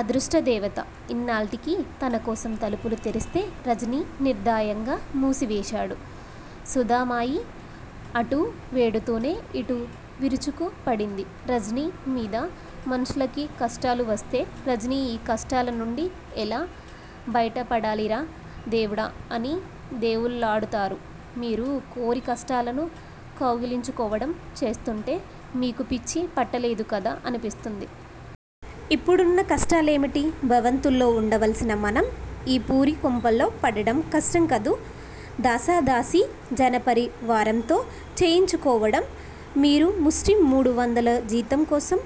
అదృష్ట దేవత ఇన్నాల్టికి తన కోసం తలుపులు తెరిస్తే రజనీ నిర్ధాయంగా మూసివేశాడు. సుధామయి అటు వెడుతూనే ఇటు విరుచుకు పడింది రజనీ మీద. మనుషులకి కష్టాలు వస్తే రజనీ ఈ కష్టాల నుండి ఎలా బయటపడాలిరా దేవుడా అని దేవుళ్లాడతారు. మీరు కోరి కష్టాలను కౌగిలించుకోవడం చేస్తుంటే మీకు పిచ్చి పట్టలేదు కదా అనిపిస్తుంది! ఇప్పుడున్న కష్టాలేమిటి? భవంతుల్లో వుండ వల్సిన మనం ఈ పూరి కొంపలో పడడం కష్టం కదూ? దాసదాసీ జనపరి వారంతో చేయించుకోవడం, మీరు ముష్టి మూడు వందల జీతం కోసం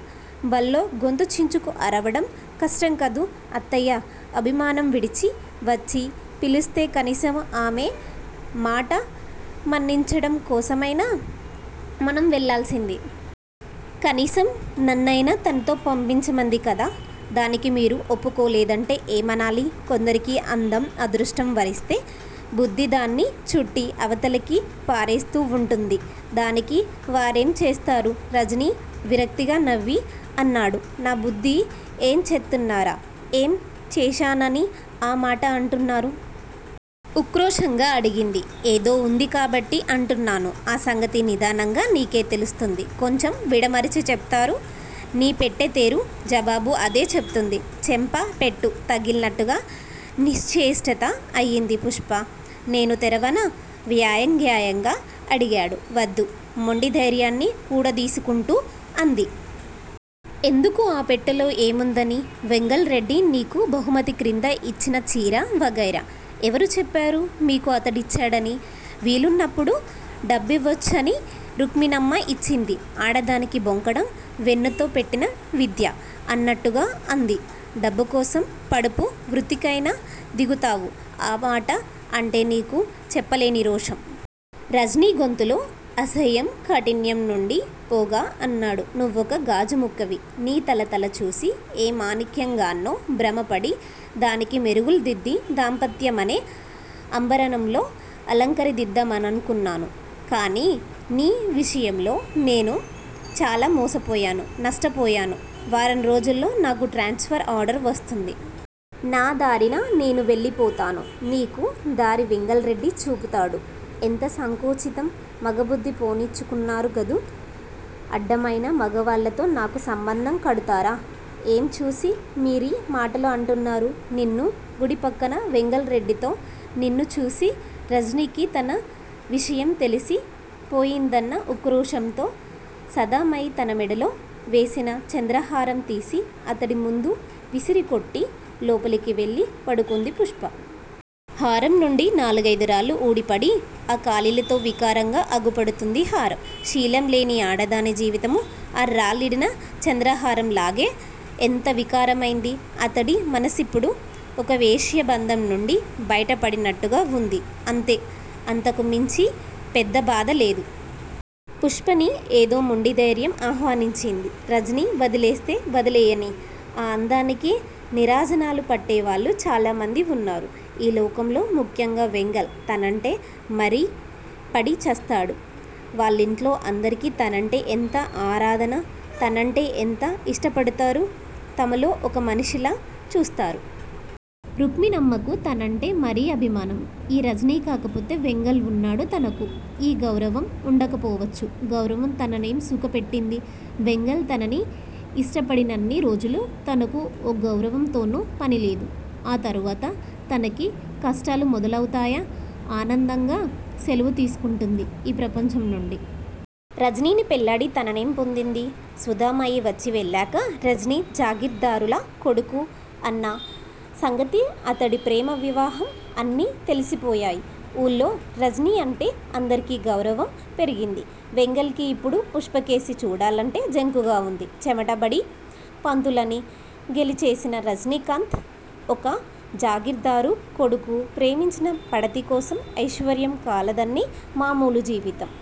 బళ్ళో గొంతు చించుకు అరవడం కష్టం కదూ? అత్తయ్య అభిమానం విడిచి వచ్చి పిలిస్తే కనీసం ఆమె మాట మన్నించడం కోసమైనా మనం వెళ్లాల్సింది! కనీసం నన్నైనా తనతో పంపించమంది కదా, దానికీ మీరు ఒప్పుకోలేదంటే ఏమనాలి? కొందరికి అందం అదృష్టం వరిస్తే బుద్ది దాన్ని చుట్టి అవతలకి పారేస్తూ వుంటుంది. దానికి వారేం చేస్తారు? రజనీ విరక్తిగా నవ్వి అన్నాడు. నా బుద్ది ఎం చెతున్నారా? ఏం చేశానని ఆ మాట అంటున్నారు? ఉక్రోషంగా అడిగింది. ఏదో ఉంది కాబట్టి అంటున్నాను. ఆ సంగతి నిదానంగా నీకే తెలుస్తుంది! కొంచెం విడమరచి చెబుతురూ! నీ పెట్టె తెరు! జవాబు అదే చెబుతుంది. చెంప పెట్టు తగిలినట్టుగా నిశ్ఛేష్టిత అయింది పుష్ప. నేను తెరవనా? వ్యoవ్యంగ్యంగా అడిగాడు. వద్దు. మొండి ధైర్యాన్ని కూడదీసుకుంటూ అంది. ఎందుకు! ఆ పెట్టెలో ఏముందని? వెంగల్ రెడ్డి నీకు బహుమతి క్రింద ఇచ్చిన చీర, వగైరా! ఎవరు చెప్పారు మీకు అతడిచ్చాడని? వీలున్నప్పుడు డబ్బివ్వొచ్చని రుక్మిణమ్మ ఇచ్చింది ఆడదానికి బొంకడం వెన్నతో పెట్టిన విద్య అన్నట్టుగా అంది. డబ్బు కోసం పడుపు వృత్తికైనా దిగుతావు. ఆ మాట అంటే నీకు చెప్పలేని రోషం. రజనీ గొంతులో అసహ్యం, కాఠిన్యం నిండి పోగా అన్నాడు. నువ్వొక గాజు ముక్కవి. నీ తళతళ చూసి ఏ మాణిక్యంగానో భ్రమ పడి దానికి మెరుగులుదిద్ది దాంపత్యమనే అంభరణం లో అలంకరిద్దామనుకున్నాను. కానీ, నీ విషయంలో నేను చాలా మోసపోయాను, నష్టపోయాను. వారంరోజుల్లో నాకు ట్రాన్శ్ ఫర్ ఆర్డర్ వస్తుంది. నాదారిన నేను వెళ్లిపోతాను. నీకు దారి వెంగల్ రెడ్డి చూపుతాడు. ఎంత సంకుచితం? మగ బుద్ది పోనిచ్చుకున్నారు గాదు, అడ్డమైన మగవాళ్లతో నాకు సంబంధం కడతారా? ఏం చూసి మీరీ మాటలు అంటున్నారు? నిన్ను గుడి పక్కన వెంగల్ రెడ్డితో నిన్ను చూసి! రజనీకి తన విషయం తెలిసి పోయిందన్న ఉక్రోషంతో సధామయి తన మెడలో వేసిన చంద్రహారం తీసి అతడి ముందు విసిరికొట్టి లోపలికి వెళ్లి పడుకొంది పుష్ప. హారంనుండి నాలుగైదు రాళ్లు ఊడి పడి ఆ కాళీలతో వికారంగా అగుపడుతున్నది హారం. శీలం లేని ఆడదాని జీవితమూ ఆ రాళ్లూడిన చంద్రహారం లాగే ఎంత వికారమైంది. అతడి మనసిప్పుడు ఒక వేశ్య బంధం నుండి బయట పడినట్టుగా వుంది. అంతే! అంతకు మించి పెద్ద బాధ లేదు. పుష్పని ఏదో మొండి ధైర్యం ఆహ్వానించింది. రజనీ వదిలేస్తే వదిలేయనీ, ఆ అందానికి నీరాజనాలు పట్టేవాళ్లు చాలా మంది వున్నారు ఈ లోకంలో. ముఖ్యంగా వెంగల్ తనంటే మరీ పడి చస్తాడు. వాళ్లింట్లో అందరికీ తనంటే ఎంత ఆరాధన! తనంటే ఎంత ఇష్టపడతారు? తమలో ఒక మనిషిలా చూస్తారు. రుక్మిణమ్మ కు తనంటే మరీ అభిమానం. ఈ రజనీ కాకపోతే వెంగల్ వున్నాడు తనకు. ఈ గౌరవం ఉండకపోవచ్చు. గౌరవం తననేం సుఖ పెట్టింది. వెంగల్ తనని ఇష్టపడినన్ని రోజులు తనకు ఓ గౌరవంతోనూ పనిలేదు. ఆ తరువాత తనకి కష్టాలు మొదలువతాయా, ఆనందంగా సెలవు తీసుకొంటుంది ఈ ప్రపంచం నుండి. రజనీని పెళ్లాడి తనేం పొందింది. సుధామయి వచ్చి వెళ్లాక రజనీ జాగీర్దారుల కొడుకన్న సంగతి అతడి ప్రేమ వివాహం అన్నీ తెలిసిపోయాయి ఊళ్లో. రజనీ అంటే అందరకీ గౌరవం పెరిగింది. వెంగళ్ కి ఇప్పుడు పుష్పకేసి చూడాలంటే జంకుగా వుంది. చవట బడి పంతులని గేలిచేసిన రజనీకాంత్ ఒక జాగీర్దారు కొడుకు. ప్రేమించిన పడతికోసం ఐశ్వర్యం కాలదన్ని మామూలు జీవితం